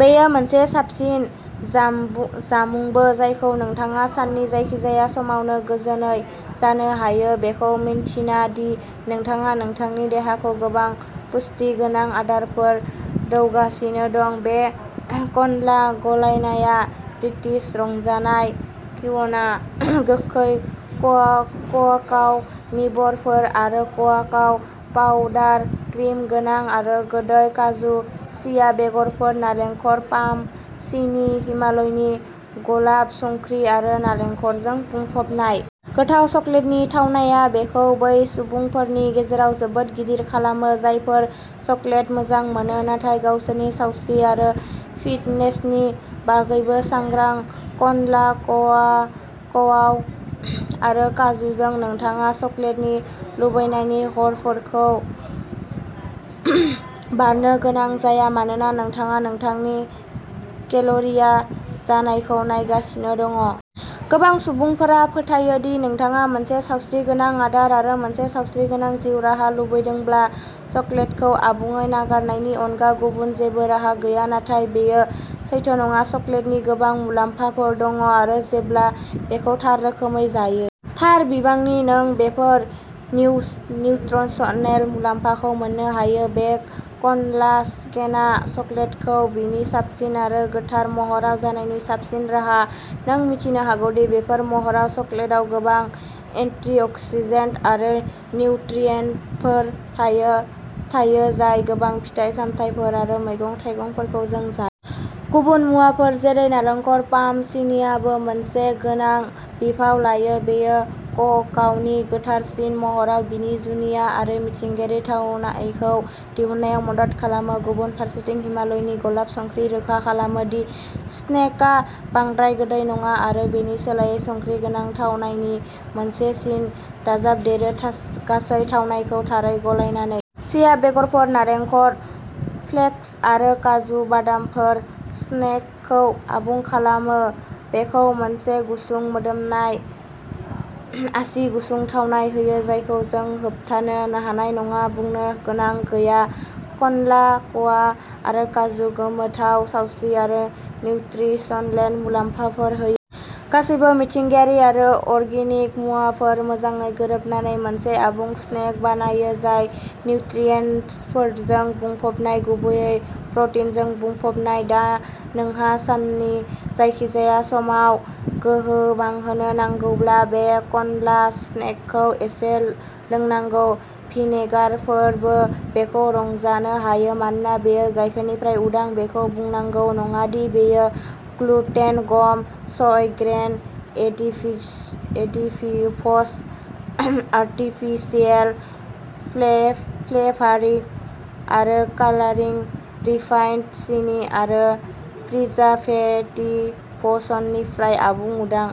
बेयो मोनसे साबसिन जामुंबो, जायखौ नोंथाङा साननि जायखिजाया समावनो गोजोनै जानो हायो, बेखौ मिन्थिना दि नोंथाङा नोंथांनि देहाखौ गोबां पुष्टि गोनां आदारफोर दौगासिनो दं। बे क्न'ला गलायनाया ब्रिटिश-रज'नाय क्विन'आ, गोखै क'काव निबफोर, आरो क'काव पाउडार, क्रिम गोनां आरो गोदै काजु, चिया बेगरफोर, नालेंखर पाम सिनि, हिमालयनि गलाब संख्रि आरो नालेंखरजों बुंफबनाय। गोथाव चकलेटनि थावनाया बेखौ बै सुबुंफोरनि गेजेराव जोबोद गिदिर खालामो, जायफोरा चकलेट मोजां मोनो नाथाय गावसोरनि सावस्रि आरो फिटनेसनि बागैबो सांग्रां। क्न'ला-क'काव आरो काजुजों, नोंथाङा चकलेटनि लुबैनायनि हरफोरखौ बारनो गोनां जाया मानोना नोंथाङा नोंथांनि केल'रि जानायखौ नायगासिनो दं। गोबां सुबुंफोरा फोथायो दि नोंथाङा मोनसे सावस्रिगोनां आदार आरो मोनसे सावस्रिगोनां जिउ राहा लुबैदोंब्ला चकलेटखौ आबुङै नागारनायनि अनगा गुबुन जेबो राहा गैया, नाथाय बेयो सैथो नङा। चकलेटनि गोबां मुलाम्फाफोर दं, आरो जेब्ला बेखौ थार रोखोमै जायो। थार बिबांनि, नों बेफोर निउत्रिसनेल मुलाम्फाखौ मोननो हायो। बे क्नला स्नेकआ चकलेटखौ बिनि साबसिन आरो गोथार महराव जानायनि साबसिन राहा। नों मिथिनो हागौदि बेबादि महराव, चकलेटाव गोबां एन्टिअक्सिडेन्ट आरो निउट्रियेन्टफोर थायो, जाय गोबां फिथाइ-सामथाइफोर आरो मैगं-थाइगंफोरखौ जों जायो। गुबुन मुवाफोर जेरै नालेंखर पाम सिनिआबो मोनसे गोनां बिफाव लायो-बेयो ककावनि गोथारसिन महराव बिनि जुनिया आरो मिथिंगायारि थावनायखौ दिहुननायाव मदद खालामो। गुबुन फारसेथिं, हिमालयनि गलाब संख्रि, रोखा खालामो दि स्नेकआ बांद्राय गोदै नङा आरो बेनि सोलायै संख्रि गोनां थावनायनि मोनसे सिन दाजाबदेरो, गासै थावनायखौ थारै गलायनानै। चिया बेगरफोर, नालेंखर फ्लेक्स आरो काजु बादामफोरा स्नेकखौ आबुं खालामो, बेखौ मोनसे गुसुं-मोदोमनाय, आसि-गुसुं थावनाय होयो जायखौ नों होबथानो हानाय नङा। बुंनो गोनां गैया, क्नला-ककाव आरो काजुआ गोमोथाव सावस्रि आरो निउत्रिसनेल मुलाम्फाफोर होयो। गासैबो मिथिंगायारि आरो अर्गेनिक मुवाफोरा मोजाङै गोरोबनानै मोनसे आबुं स्नेक बानायो, जाय निउट्रियेन्टफोरजों बुंफबनाय, गुबैयै प्रटिनजों बुंफबनाय। दा, नोंहा साननि जायखिजाया समाव गोहो बांहोनो नांगौब्ला बे क्न'ला स्नेकखौ एसे लोंनांगौ। भिगानफोराबो बेखौ रंजानो हायो, मानोना बेयो गाइखेरनिफ्राय उदां, बेखौ बुंनांगौ नङा दि बेयो gluten, gum, soy, grain, additives, artificial flavouring आरो कालारिं, रिफाइन्ड सिनि आरो प्रिजारभेटिभ्सनिफ्राय आबुङै उदां।